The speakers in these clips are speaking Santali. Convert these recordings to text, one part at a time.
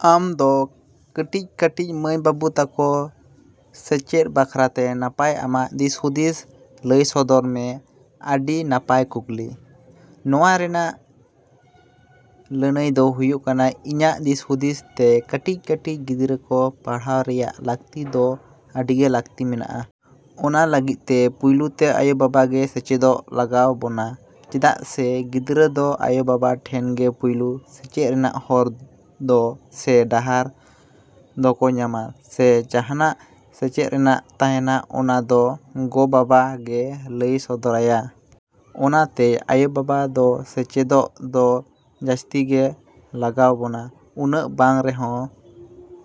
ᱟᱢ ᱫᱚ ᱠᱟᱹᱴᱤᱡᱼᱠᱟᱹᱴᱤᱡ ᱢᱟᱹᱭᱼᱵᱟᱹᱵᱩ ᱛᱟᱠᱚ ᱥᱮᱪᱮᱫ ᱵᱟᱠᱷᱨᱟ ᱛᱮ ᱱᱟᱯᱟᱭ ᱟᱢᱟᱜ ᱫᱤᱥᱦᱩᱫᱤᱥ ᱞᱟᱹᱭ ᱥᱚᱫᱚᱨ ᱢᱮ᱾ ᱟᱹᱰᱤ ᱱᱟᱯᱟᱭ ᱠᱩᱠᱞᱤ᱾ ᱱᱚᱣᱟ ᱨᱮᱭᱟᱜ ᱞᱟᱹᱱᱟᱹᱭ ᱫᱚ ᱦᱩᱭᱩᱜ ᱠᱟᱱᱟ ᱤᱧᱟᱹᱜ ᱫᱤᱥᱦᱩᱫᱤᱥ ᱛᱮ ᱠᱟᱹᱴᱤᱡᱼᱠᱟᱹᱴᱤᱡ ᱜᱤᱫᱽᱨᱟᱹ ᱫᱚ ᱯᱟᱲᱦᱟᱣ ᱨᱮᱭᱟᱜ ᱞᱟᱹᱠᱛᱤ ᱫᱚ ᱟᱹᱰᱤᱜᱮ ᱞᱟᱹᱠᱛᱤ ᱢᱮᱱᱟᱜᱼᱟ᱾ ᱚᱱᱟ ᱞᱟᱹᱜᱤᱫ ᱛᱮ ᱯᱩᱭᱞᱩ ᱛᱮ ᱟᱭᱳᱼᱵᱟᱵᱟ ᱜᱮ ᱥᱮᱪᱮᱫᱚᱜ ᱞᱟᱜᱟᱣ ᱵᱚᱱᱟ ᱪᱮᱫᱟᱜ ᱥᱮ ᱜᱤᱫᱽᱨᱟᱹ ᱫᱚ ᱟᱭᱳᱼᱵᱟᱵᱟ ᱴᱷᱮᱱ ᱜᱮ ᱯᱩᱭᱞᱩ ᱥᱮᱪᱮᱫ ᱨᱮᱭᱟᱜ ᱦᱚᱨ ᱫᱚ ᱥᱮ ᱰᱟᱦᱟᱨ ᱫᱚᱠᱚ ᱧᱟᱢᱟ ᱥᱮ ᱡᱟᱦᱟᱱᱟᱜ ᱥᱮᱪᱮᱫ ᱨᱮᱭᱟᱜ ᱛᱟᱦᱮᱱᱟ ᱚᱱᱟ ᱫᱚ ᱜᱚᱼᱵᱟᱵᱟ ᱜᱮ ᱞᱟᱹᱭ ᱥᱚᱫᱚᱨᱟᱭᱟ᱾ ᱚᱱᱟᱛᱮ ᱟᱭᱳᱼᱵᱟᱵᱟ ᱫᱚ ᱥᱮᱪᱮᱫᱚᱜ ᱫᱚ ᱡᱟᱹᱥᱛᱤᱜᱮ ᱞᱟᱜᱟᱣ ᱵᱚᱱᱟ ᱩᱱᱟᱹᱜ ᱵᱟᱝ ᱨᱮᱦᱚᱸ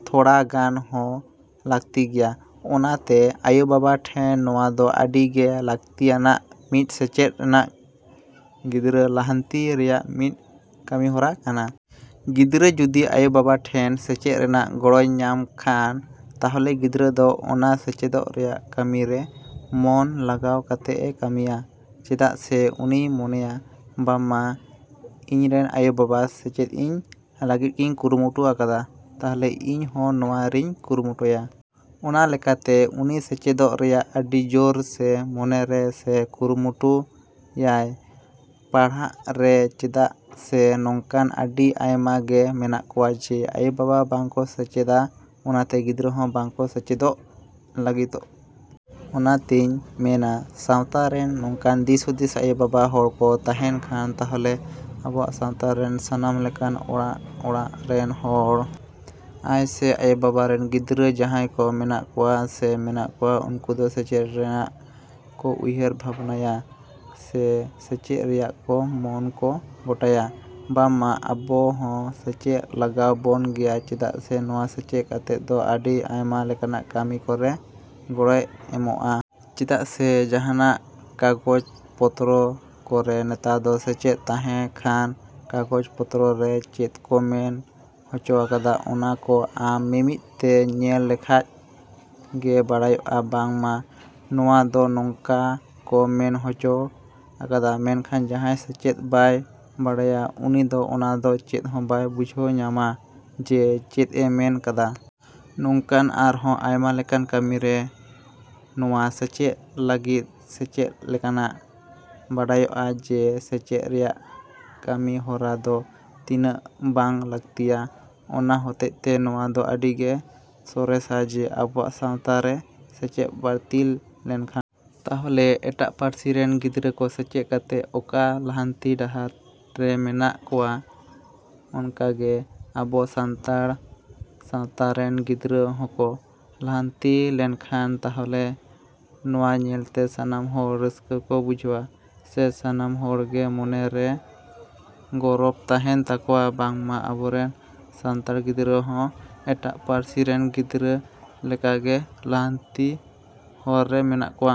ᱛᱷᱚᱲᱟ ᱜᱟᱱ ᱦᱚᱸ ᱞᱟᱹᱠᱛᱤ ᱜᱮᱭᱟ᱾ ᱚᱱᱟᱛᱮ ᱟᱭᱳᱼᱵᱟᱵᱟ ᱴᱷᱮᱱ ᱱᱚᱣᱟ ᱫᱚ ᱟᱹᱰᱤ ᱜᱮ ᱞᱟᱹᱠᱛᱤ ᱟᱱᱟᱜ ᱢᱤᱫ ᱥᱮᱪᱮᱫ ᱨᱮᱭᱟᱜ ᱜᱤᱫᱽᱨᱟᱹ ᱞᱟᱦᱟᱱᱛᱤ ᱨᱮᱭᱟᱜ ᱢᱤᱫ ᱠᱟᱹᱢᱤ ᱦᱚᱨᱟ ᱠᱟᱱᱟ᱾ ᱜᱤᱫᱽᱨᱟᱹ ᱡᱩᱫᱤ ᱟᱭᱳᱼᱵᱟᱵᱟ ᱴᱷᱮᱡ ᱥᱮᱪᱮᱫ ᱨᱮᱭᱟᱜ ᱜᱚᱲᱚᱭ ᱧᱟᱢ ᱠᱷᱟᱱ ᱛᱟᱦᱚᱞᱮ ᱜᱤᱫᱽᱨᱟᱹ ᱫᱚ ᱚᱱᱟ ᱥᱮᱪᱮᱫᱚᱜ ᱨᱮᱭᱟᱜ ᱠᱟᱹᱢᱤᱨᱮ ᱢᱚᱱ ᱞᱟᱜᱟᱣ ᱠᱟᱛᱮᱫ ᱮ ᱠᱟᱹᱢᱤᱭᱟ ᱪᱮᱫᱟᱜ ᱥᱮ ᱩᱱᱤᱭ ᱢᱚᱱᱮᱭᱟ ᱵᱟᱝᱢᱟ ᱤᱧ ᱨᱮᱱ ᱟᱭᱳᱼᱵᱟᱵᱟ ᱥᱮᱪᱮᱫᱤᱧ ᱞᱟᱹᱜᱤᱫ ᱠᱤᱱ ᱠᱩᱨᱩᱢᱩᱴᱩ ᱟᱠᱟᱫᱟ ᱛᱟᱦᱚᱞᱮ ᱤᱧ ᱦᱚᱸ ᱱᱚᱣᱟ ᱨᱮᱧ ᱠᱩᱨᱩᱢᱩᱴᱩᱭᱟ᱾ ᱚᱱᱟ ᱞᱮᱠᱟᱛᱮ ᱩᱱᱤ ᱥᱮᱪᱮᱫᱚᱜ ᱨᱮᱭᱟᱜ ᱟᱹᱰᱤ ᱡᱳᱨ ᱥᱮ ᱢᱚᱱᱮᱨᱮ ᱥᱮ ᱠᱩᱨᱩᱢᱩᱴᱩ ᱭᱟᱭ ᱯᱟᱲᱦᱟᱜ ᱨᱮ ᱪᱮᱫᱟᱜ ᱥᱮ ᱱᱚᱝᱠᱟᱱ ᱟᱹᱰᱤ ᱟᱭᱢᱟ ᱜᱮ ᱢᱮᱱᱟᱜ ᱠᱚᱣᱟ ᱡᱮ ᱟᱭᱳᱼᱵᱟᱵᱟ ᱵᱟᱝ ᱠᱚ ᱥᱮᱪᱮᱫᱟ ᱚᱱᱟᱛᱮ ᱜᱤᱫᱽᱨᱟᱹ ᱦᱚᱸ ᱵᱟᱝᱠᱚ ᱥᱮᱪᱮᱫᱚᱜ ᱞᱟᱹᱜᱤᱫᱚᱜ᱾ ᱚᱱᱟᱛᱮᱧ ᱢᱮᱱᱟ ᱥᱟᱶᱛᱟᱨᱮᱱ ᱱᱚᱝᱠᱟᱱ ᱫᱤᱥᱦᱩᱫᱤᱥ ᱟᱭᱳᱼᱵᱟᱵᱟ ᱦᱚᱲ ᱠᱚ ᱛᱟᱦᱮᱱ ᱠᱷᱟᱱ ᱛᱟᱦᱚᱞᱮ ᱟᱵᱚᱣᱟᱜ ᱥᱟᱶᱛᱟ ᱨᱮᱱ ᱥᱟᱱᱟᱢ ᱞᱮᱠᱟᱱ ᱚᱲᱟᱜᱼᱚᱲᱟᱜ ᱨᱮᱱ ᱦᱚᱲ ᱟᱭᱥᱮ ᱟᱭᱳᱼᱵᱟᱵᱟ ᱨᱮᱱ ᱜᱤᱫᱽᱨᱟᱹ ᱡᱟᱦᱟᱸᱭ ᱠᱚ ᱢᱮᱱᱟᱜ ᱠᱚᱣᱟ ᱥᱮ ᱢᱮᱱᱟᱜ ᱠᱚᱣᱟ ᱩᱱᱠᱩ ᱫᱚ ᱥᱮᱪᱮᱫ ᱨᱮᱭᱟᱜ ᱠᱚ ᱩᱭᱦᱟᱹᱨ ᱵᱷᱟᱵᱽᱱᱟᱭᱟ ᱥᱮ ᱥᱮᱪᱮᱫ ᱨᱮᱭᱟᱜ ᱨᱮ ᱢᱚᱱ ᱠᱚ ᱜᱚᱴᱟᱭᱟ ᱵᱟᱝᱢᱟ ᱟᱵᱚ ᱦᱚᱸ ᱥᱮᱪᱮᱫ ᱞᱟᱜᱟᱣ ᱵᱚᱱ ᱜᱮᱭᱟ ᱪᱮᱫᱟᱜ ᱥᱮ ᱱᱚᱣᱟ ᱥᱮᱪᱮᱫ ᱠᱟᱛᱮᱫ ᱫᱚ ᱟᱹᱰᱤ ᱟᱭᱢᱟ ᱞᱮᱠᱟᱱᱟᱜ ᱠᱟᱹᱢᱤ ᱠᱚᱨᱮ ᱜᱚᱲᱚᱭ ᱮᱢᱚᱜᱼᱟ᱾ ᱪᱮᱫᱟᱜ ᱥᱮ ᱡᱟᱦᱟᱱᱟᱜ ᱠᱟᱜᱚᱡᱽ ᱯᱚᱛᱨᱚ ᱠᱚᱨᱮ ᱱᱮᱛᱟᱨ ᱫᱚ ᱥᱮᱪᱮᱫ ᱛᱟᱦᱮᱸ ᱠᱷᱟᱱ ᱠᱟᱜᱚᱡᱽ ᱯᱚᱛᱨᱚ ᱨᱮ ᱪᱮᱫ ᱠᱚ ᱢᱮᱱ ᱦᱚᱪᱚᱣ ᱟᱠᱟᱫᱟ ᱚᱱᱟ ᱠᱚ ᱟᱢ ᱢᱤᱢᱤᱫ ᱛᱮ ᱧᱮᱞ ᱞᱮᱠᱷᱟᱱ ᱜᱮ ᱵᱟᱰᱟᱭᱚᱜᱼᱟ ᱵᱟᱝᱢᱟ ᱱᱚᱶᱟ ᱫᱚ ᱱᱚᱝᱠᱟ ᱠᱚ ᱢᱮᱱ ᱦᱚᱪᱚᱣ ᱟᱠᱟᱫᱟ ᱢᱮᱱᱠᱷᱟᱱ ᱡᱟᱦᱟᱸᱭ ᱥᱮᱪᱮᱫ ᱵᱟᱭ ᱵᱟᱰᱟᱭᱟ ᱩᱱᱤ ᱫᱚ ᱚᱱᱟ ᱫᱚ ᱪᱮᱫ ᱦᱚᱸ ᱵᱟᱭ ᱵᱩᱡᱷᱟᱹᱣ ᱧᱟᱢᱟ ᱡᱮ ᱪᱮᱫ ᱮ ᱢᱮᱱ ᱠᱟᱫᱟ᱾ ᱱᱚᱝᱠᱟᱱ ᱟᱨᱦᱚᱸ ᱟᱭᱢᱟ ᱞᱮᱠᱟᱱ ᱠᱟᱹᱢᱤᱨᱮ ᱱᱚᱶᱟ ᱥᱮᱪᱮᱫ ᱞᱟᱹᱜᱤᱫ ᱥᱮᱪᱮᱫ ᱞᱮᱱᱠᱷᱟᱱ ᱵᱟᱰᱟᱭᱚᱜᱼᱟ ᱡᱮ ᱥᱮᱪᱮᱫ ᱨᱮᱭᱟᱜ ᱠᱟᱹᱢᱤ ᱦᱚᱨᱟ ᱫᱚ ᱛᱤᱱᱟᱹᱜ ᱵᱟᱝ ᱞᱟᱹᱠᱛᱤᱭᱟ᱾ ᱚᱱᱟ ᱦᱚᱛᱮᱡ ᱛᱮ ᱱᱚᱣᱟ ᱫᱚ ᱟᱰᱤᱜᱮ ᱥᱚᱨᱮᱥᱟ ᱡᱮ ᱟᱵᱚᱣᱟᱜ ᱥᱟᱶᱛᱟᱨᱮ ᱥᱮᱪᱮᱫ ᱵᱟᱹᱲᱛᱤ ᱞᱮᱱᱠᱷᱟᱱ ᱛᱟᱦᱚᱞᱮ ᱮᱴᱟᱜ ᱯᱟᱹᱨᱥᱤᱨᱮᱱ ᱜᱤᱫᱽᱨᱟᱹ ᱠᱚ ᱥᱮᱪᱮᱫ ᱠᱟᱛᱮᱫ ᱚᱠᱟ ᱞᱟᱦᱟᱱᱛᱤ ᱰᱟᱦᱟᱨ ᱨᱮ ᱢᱮᱱᱟᱜ ᱠᱚᱣᱟ ᱚᱱᱠᱟᱜᱮ ᱟᱵᱚ ᱥᱟᱱᱛᱟᱲ ᱥᱟᱶᱛᱟ ᱨᱮᱱ ᱜᱤᱫᱽᱨᱟᱹ ᱦᱚᱸᱠᱚ ᱞᱟᱦᱟᱱᱛᱤ ᱞᱮᱱᱠᱷᱟᱱ ᱛᱟᱦᱚᱞᱮ ᱱᱚᱣᱟ ᱧᱮᱞ ᱛᱮ ᱥᱟᱱᱟᱢ ᱦᱚᱲ ᱨᱟᱹᱥᱠᱟᱹ ᱠᱚ ᱵᱩᱡᱷᱟᱹᱣᱟ ᱥᱮ ᱥᱟᱱᱟᱢ ᱦᱚᱲ ᱜᱮ ᱢᱚᱱᱮᱨᱮ ᱜᱚᱨᱚᱵ ᱛᱟᱦᱮᱱ ᱛᱟᱠᱚᱣᱟ ᱵᱟᱝᱢᱟ ᱟᱵᱚᱨᱮᱱ ᱥᱟᱱᱛᱟᱲ ᱜᱤᱫᱽᱨᱟᱹ ᱦᱚᱸ ᱮᱴᱟᱜ ᱯᱟᱨᱥᱤᱨᱮᱱ ᱜᱤᱫᱽᱨᱟᱹ ᱞᱮᱠᱟᱜᱮ ᱞᱟᱦᱟᱱᱛᱤ ᱦᱚᱨ ᱨᱮ ᱢᱮᱱᱟᱜ ᱠᱚᱣᱟ।